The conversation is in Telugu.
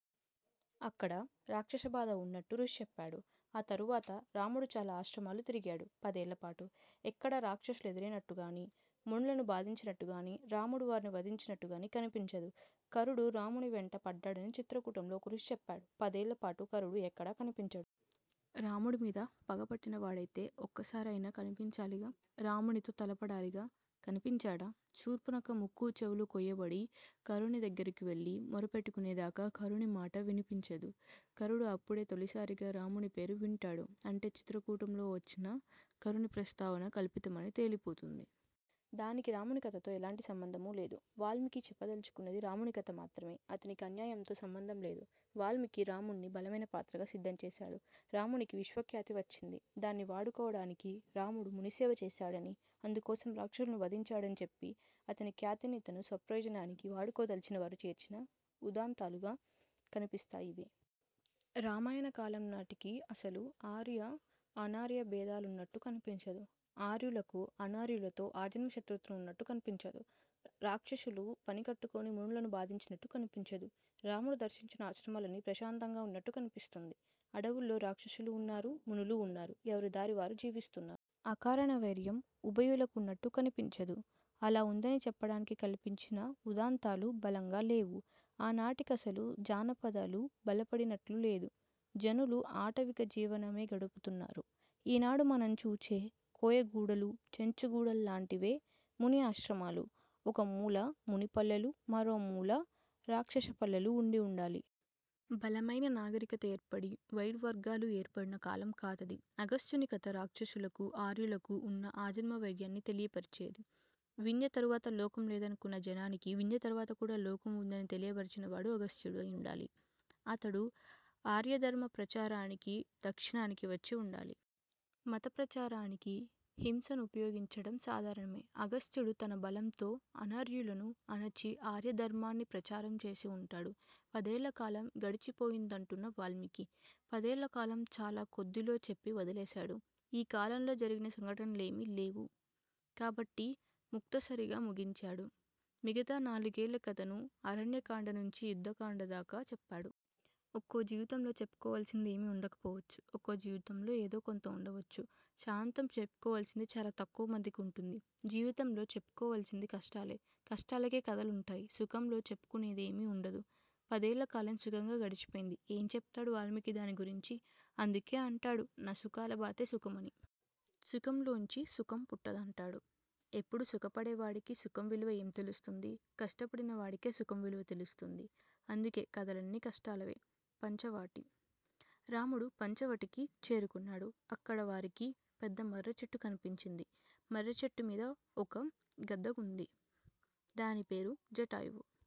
అక్కడ రాక్షస బాధ ఉన్నట్లు ఋషి చెప్పాడు. ఆ తరవాత రాముడు చాల ఆశ్రమాలు తిరిగాడు పదేళ్లపాటు. ఎక్కడా రాక్షసులు ఎదురయినట్లుగాని, మునులను బాధించినట్లుగాని, రాముడు వారిని వధించినట్లుగాని కనిపించదు. ఖరుడు రామునివెంట పడ్డాడని చిత్రకూటంలో ఒక ఋషి చెప్పాడు. పదేళ్లపాటు ఖరుడు ఎక్కడా కనిపించడు. రామునడుమీద పగ పట్టినవాడయితే ఒక్కసారి అయినా కనిపించాలిగా. రామునితో తలపడాలిగా. కనిపించడా! శూర్ఫణఖ ముక్కూ, చెవులూ కోయబడి ఖరుని దగ్గరకు వెళ్లి మొరపెట్టుకనేదాకా ఖరునిమాట వినిపించదు. ఖరుడు అప్పుడే తొలిసారిగా రాముని పేరు వింటాడు. అంటే చిత్రకూటంలో వచ్చిన ఖరుని ప్రస్తావన కల్పితం అని తేలిపోతుంది. దానికి రాముని కథతో ఎలాంటి సంబంధమూలేదు. వాల్మీకి చెప్పదలచుకున్నది రామకథను మాత్రమే. అతనికి అన్యంతో సంబంధంలేదు. వాల్మీకి రాముణ్ని బలమైన పాత్రగా సిద్ధం చేసాడు. రామునికి విశ్వఖ్యాతి వచ్చింది. దాన్ని వాడుకోవడానికి రాముడు మునిసేవ చేశాడనీ, అందుకోసం రాక్షసులను వధించాడనీ చెప్పి, అతని ఖ్యాతినితను స్వప్రయోజనానికి వాడుకోదలచినవారు చేర్చిన ఉదంతాలుగా కనిపిస్తాయి ఇవి. రామాయణ కాలం నాటికి అసలు ఆర్య, అనార్య భేదాలు ఉన్నట్టు కనిపించదు. ఆర్యులకు అనార్యులతో ఆజన్మ శత్రుత్వం ఉన్నట్టు కనిపించదు. రాక్షసులు పనికట్టుకొని మునులను బాధించినట్టు కనిపించదు. రాముడు దర్శించిన ఆశ్రమాలన్నీ ప్రశాంతంగా ఉన్నట్టు కనిపిస్తుంది. అడవులలో రాక్షసులూ ఉన్నారు, మునులు ఉన్నారు. ఎవరిదారి వారు జీవిస్తున్నారు. అకారణ వైరం ఉభయులకు ఉన్నట్లు కనిపించదు. అలా ఉందని చెప్పడానికి కల్పించిన ఉదంతాలూ బలంగాలేవు. ఆ నాటికి అసలు జానపదాలు బలపడినట్లు లేదు. జనులు ఆటవిక జీవనమే గడుపుతున్నారు. ఈనాడు మనం చూచే కోయగూడాలూ, చెంచుగూడాల్లాంటివే ముని ఆశ్రమాలు. ఒక మూల మునిపల్లెలూ, మరో మూల రాక్షస పల్లెలూ ఉండి ఉండాలి. బలమైన నాగరికత ఏర్పడి వైరివర్గాలూ ఏర్పడిన కాలం కాదది. అగస్త్యుని కథా రాక్షసులకూ, ఆర్యులకూ ఉన్న ఆజన్మవైరాన్ని తెలియపరిచేది. వింధ్య తరువాత లోకం లేదనుకున్న జనానికి వింధ్య తరువాత కూడా లోకం ఉందని తెలియపరచినవాడు అగస్త్యుడు అయిఉండాలి. అతడు ఆర్యధర్మ ప్రచారానికి దక్షిణానికి వచ్చి ఉండాలి. మత ప్రచారానికి హింసను ఉపయోగించడం సాధారణమే. అగస్త్యుడూ తన బలంతో అనార్యులను అణచి ఆర్య ధర్మాన్ని ప్రచారం చేసిఉంటాడు. పదేళ్లకాలం గడిచిపోయిందంటున్నాడు వాల్మీకి. పదేళ్లకాలం చాల కొద్దిలో చెప్పి వదిలేశాడు. ఈ కాలంలో జరిగిన సంఘటనలేమి లేవు. కాబట్టి ముక్తసరిగా ముగించాడు. మిగతా నాలుగేళ్ల కథను అరణ్యకాండనుంచి యుద్ధకాండదాకా చెప్పాడు. ఒక్కోజీవితంలో చెప్పుకోవాల్సింది ఏమీ ఉండకపోవచ్చు. ఒక్కో జీవితంలో ఏదో కొంత ఉండవచ్చు. సాంతం చెప్పుకోవలసింది చాల తక్కువ మందికి ఉంటుంది. జీవితంలో చెప్పుకోవలిసింది కష్టాలే. కష్టాలకే కథలుంటాయి. సుఖంలో చెప్పుకునేదేమీ ఉండదు. పదేళ్లకాలం సుఖంగా గడిచిపోయింది. ఏం చెప్తాడు వాల్మీకి దాన్ని గురించి? అందుకే అంటాడు నసుఖాలభతే సుఖం అని. సుఖంలోంచి సుఖం పుట్టదంటాడు. ఎప్పుడూ సుఖపడే వాడికి సుఖం విలువ ఏం తెలుస్తుంది? కష్టపడిన వాడికే సుఖం విలువ తెలుస్తుంది. అందుకే కథలన్నీ కష్టాలవే! పంచవటి: రాముడు పంచవటికి చేరుకున్నాడు. అక్కడ వారికి పెద్దమర్రి చెట్టు కనిపించింది. మర్రిచెట్టుమీద ఒక గద్ద ఉంది. దానిపేరు జటాయువు.